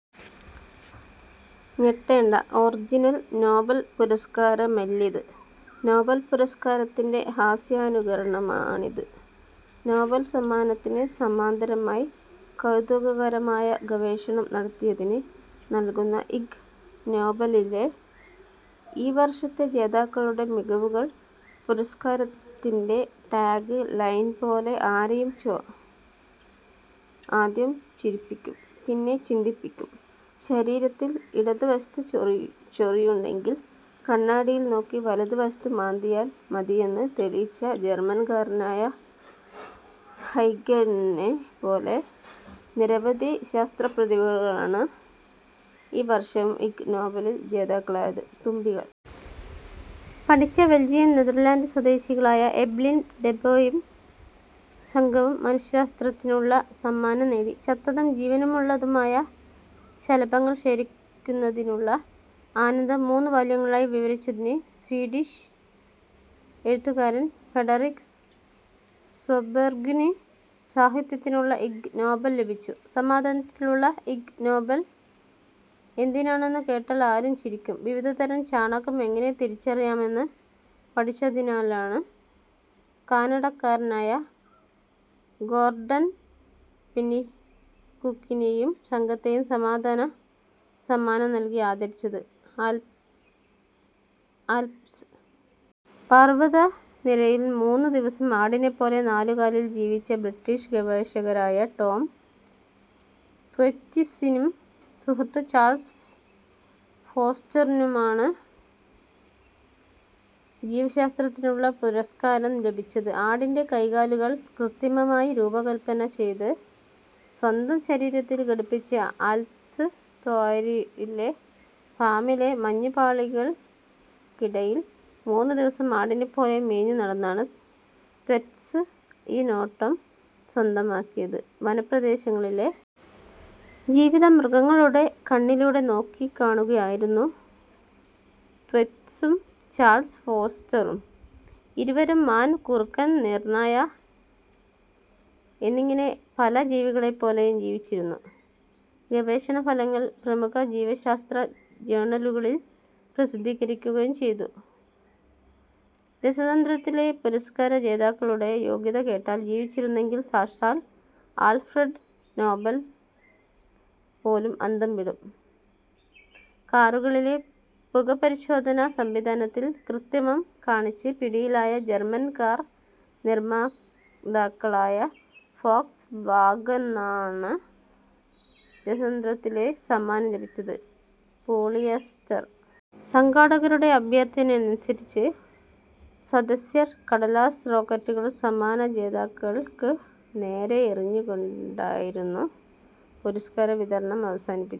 ഞെട്ടേണ്ട, original Nobel പുരസ്കാരമല്ലിത്. Nobel പുരസ്കാരത്തിന്റെ ഹാസ്യാനുകരണമാണിത്. നൊബേൽ സമ്മാനത്തിന് സമാന്തരമായി കൗതുകകരമായ ഗവേഷണം നടത്തിയതിന് നൽകുന്ന ഇഗ് നൊബേലിലെ ഈ വർഷത്തെ ജേതാക്കളുടെ മികവുകൾ പുരസ്കാരത്തിന്റെ ടാഗ് ലൈൻ പോലെ ആരെയും ആദ്യം ചിരിപ്പിക്കും പിന്നെ ചിന്തിപ്പിക്കും. ശരീരത്തിൽ ഇടതുവശത്ത് ചൊറിയുണ്ടെങ്കിൽ കണ്ണാടിയിൽ നോക്കി വലതുവശത്ത് മാന്തിയാൽ മതിയെന്ന് തെളിയിച്ച ജർമൻകാരനായ ഹൈഖെനെപ്പോലെ നിരവധി ശാസ്ത്ര പ്രതിഭകളാണ് ഈ വർഷവും ഇഗ് നൊബേൽ ജേതാക്കളായത്. തുമ്പികൾ പഠിച്ച ബെൽജിയം നെതർലാൻഡ് സ്വദേശികളായ എവ്ലിൻ ഡെബേയും സംഘവും മനശ്ശാസ്ത്രത്തിനുള്ള സമ്മാനം നേടി. ചത്തതും ജീവനുള്ളതുമായ ശലഭങ്ങൾ ശേഖരിക്കുന്നതിലുള്ള ആനന്ദം മൂന്ന് വാല്യങ്ങളിലായി വിവരിച്ചതിന് സ്വീഡിഷ് എഴുത്തുകാരൻ ഫ്രെഡറിക് സ്വോബർഗിന് സാഹിത്യത്തിനുള്ള ഇഗ് നൊബേൽ ലഭിച്ചു. സമാധാനത്തിനുള്ള ഇഗ് നൊബേൽ എന്തിനാണെന്ന് കേട്ടാൽ ആരും ചിരിക്കും. വിവിധതരം ചാണകം എങ്ങനെ തിരിച്ചറിയാമെന്ന് പഠിച്ചതിനാണ് കാനഡക്കാരനായ ഗോർഡൻ പെനികുക്കിനെയും സംഘത്തെയും സമാധാന സമ്മാനം നൽകി ആദരിച്ചത്. ആൽപ്സ് പർവതനിരയിൽ മൂന്ന് ദിവസം ആടിനെപ്പോലെ നാലുകാലിൽ ജീവിച്ച ബ്രിട്ടിഷ് ഗവേഷകരായ ടോം ത്വൈറ്റ്സിനും സുഹൃത്ത് ചാൾസ് ഫോസ്റ്ററിനുമാണ് ജീവശാസ്ത്രത്തിനുള്ള പുരസ്കാരം ലഭിച്ചത്. ആടിന്റെ കൈകാലുകൾ കൃത്രിമമായി രൂപകൽപ്പന ചെയ്ത് സ്വന്തം ശരീരത്തിൽ ഘടിപ്പിച്ച് ആൽപ്സ് താഴ്വരയിലെ ഫാമിലെ മഞ്ഞുപാളികൾക്കിടയിൽ മൂന്ന് ദിവസം ആടിനെപ്പോലെ മേഞ്ഞുനടന്നാണ് ത്വൈറ്റ്സ് ഈ നേട്ടം സ്വന്തമാക്കിയത്. വനപ്രദേശങ്ങളിലെ ജീവിതം മൃഗങ്ങളുടെ കണ്ണിലൂടെ നോക്കിക്കാണുകയായിരുന്നു ത്വൈറ്റ്സും ചാൾസ് ഫോസ്റ്ററും. ഇരുവരും മാൻ കുറുക്കൻ നീർനായ എന്നിങ്ങനെ പല ജീവികളെപ്പോലെയും ജീവിച്ചിരുന്നു. ഗവേഷണഫലങ്ങൾ പ്രമുഖ ജീവശാസ്ത്ര ജേണലുകളിൽ പ്രസിദ്ധീകരിക്കുകയും ചെയ്തു. രസതന്ത്രത്തിലെ പുരസ്കാര ജേതാക്കളുടെ യോഗ്യത കേട്ടാൽ ജീവിച്ചിരുന്നെങ്കിൽ സാക്ഷാൽ ആൽഫ്രഡ് നൊബേൽ പോലും അന്തംവിടും. കാറുകളിലെ പുകപരിശോധനാ സംവിധാനത്തിൽ കൃത്രിമം കാണിച്ച് പിടിയിലായ ജർമൻ കാർ നിർമാതാക്കളായ ഫോക്സ് വാഗണാണ് രസതന്ത്രത്തിലെ സമ്മാനം ലഭിച്ചത്. പോളിയസ്റ്റർ സംഘാടകരുടെ അഭ്യർഥനയനുസരിച്ച് സദസ്യർ കടലാസ് റോക്കറ്റുകൾ സമ്മാന ജേതാക്കൾക്ക് നേരെ എറിഞ്ഞുകൊണ്ടായിരുന്നു പുരസ്കാര വിതരണം അവസാനിച്ചത്.